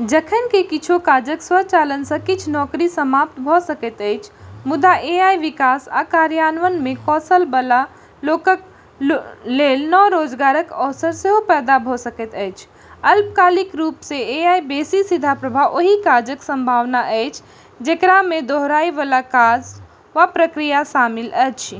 जखन कि किछु काजक स्वचालन सँ किछ नौकरी समाप्त भ’ सकैत अछि, मुदा एआई विकास आ कार्यान्वयनमे कौशल बला लोकक लेल नव रोजगारक अवसर सेहो पैदा भ’ सकैत अछि। अल्पकालिक रूप सँ एआईक बेसि सीधा प्रभाव ओहि काजक संभावना अछि, जेकरामे दोहराए बला काज वा प्रक्रिया शामिल अछि।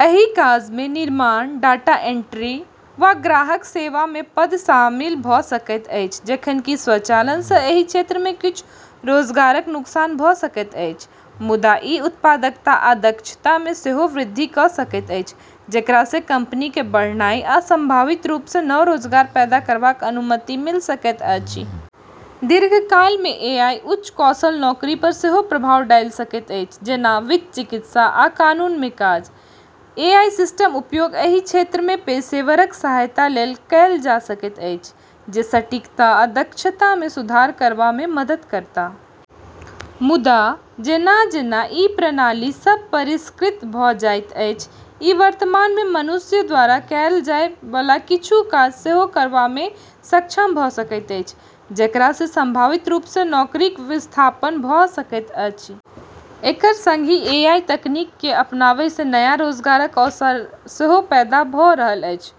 एहि काजमे निर्माण, डाटा एंट्री, वा ग्राहक सेवामे पद शामिल भ’ सकैत अछि। जखन कि स्वचालन सँ एहि क्षेत्रमे किछु रोजगारक नुकसान भ’ सकैत अछि, मुदा ई उत्पादकता आ दक्षतामे सेहो वृद्धि क’ सकैत अछि, जेकरा सँ कंपनीकेँ बढ़नाइ आ संभावित रूप सँ नव रोजगार पैदा करबाक अनुमति मिलि सकैत अछि। दीर्घकालमे एआई उच्च कुशल नौकरी पर सेहो प्रभाव डालि सकैत अछि, जेना वित्त, चिकित्सा, आ कानूनमे काज। एआई सिस्टमक उपयोग एहि क्षेत्रमे पेशेवरक सहायता लेल कएल जा सकैत अछि, जे सटीकता आ दक्षतामे सुधार करबामे मदद करत। मुदा, जेना-जेना ई प्रणाली सभ परिष्कृत भ’ जाइत अछि, ई वर्तमानमे मनुष्य द्वारा कएल जाय बला किछु काज सेहो करबामे सक्षम भ’ सकैत अछि, जेकरा सँ संभावित रूप सँ नौकरीक विस्थापन भ’ सकैत अछि। एकर संगहि एआई तकनीककेँ अपनाबै सँ नया रोजगारक अवसर सेहो पैदा भ’ रहल अछि।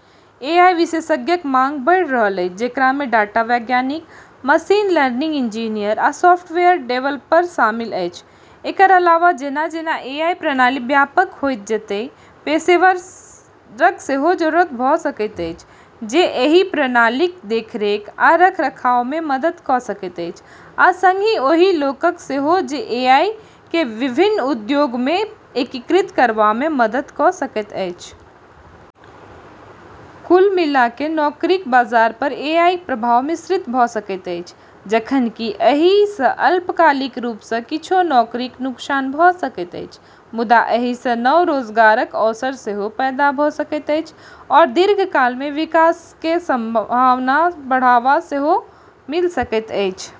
एआई विशेषज्ञक मांग बढ़ल अछि, जेकरामे डाटा वैज्ञानिक, मशीन लर्निंग इंजीनियर, आ सॉफ्टवेयर डेवलपर शामिल अछि। एकर अलावा, जेना-जेना एआई प्रणाली व्यापक होइत जेतै, पेशेवरक सेहो जरूरत भ’ सकैत अछि जे एहि प्रणालीक देखरेख आ रखरखावमे मदद क’ सकैत अछि, आ संगहि ओहि लोकक सेहो जे एआईकेँ विभिन्न उद्योगमे एकीकृत करबामे मदद क’ सकैत अछि। कुल मिला क’ नौकरी बाजार पर एआईक प्रभाव मिश्रित भ’ सकैत अछि। जखन कि एहि सँ अल्पकालिक रूप सँ किछु नौकरीक नुकसान भ’ सकैत अछि, मुदा एहि सँ नव रोजगारक अवसर सेहो पैदा भ’ सकैत अछि आओर दीर्घकालमे विकासकेँ बढ़ावा सेहो मिलि सकैत अछि।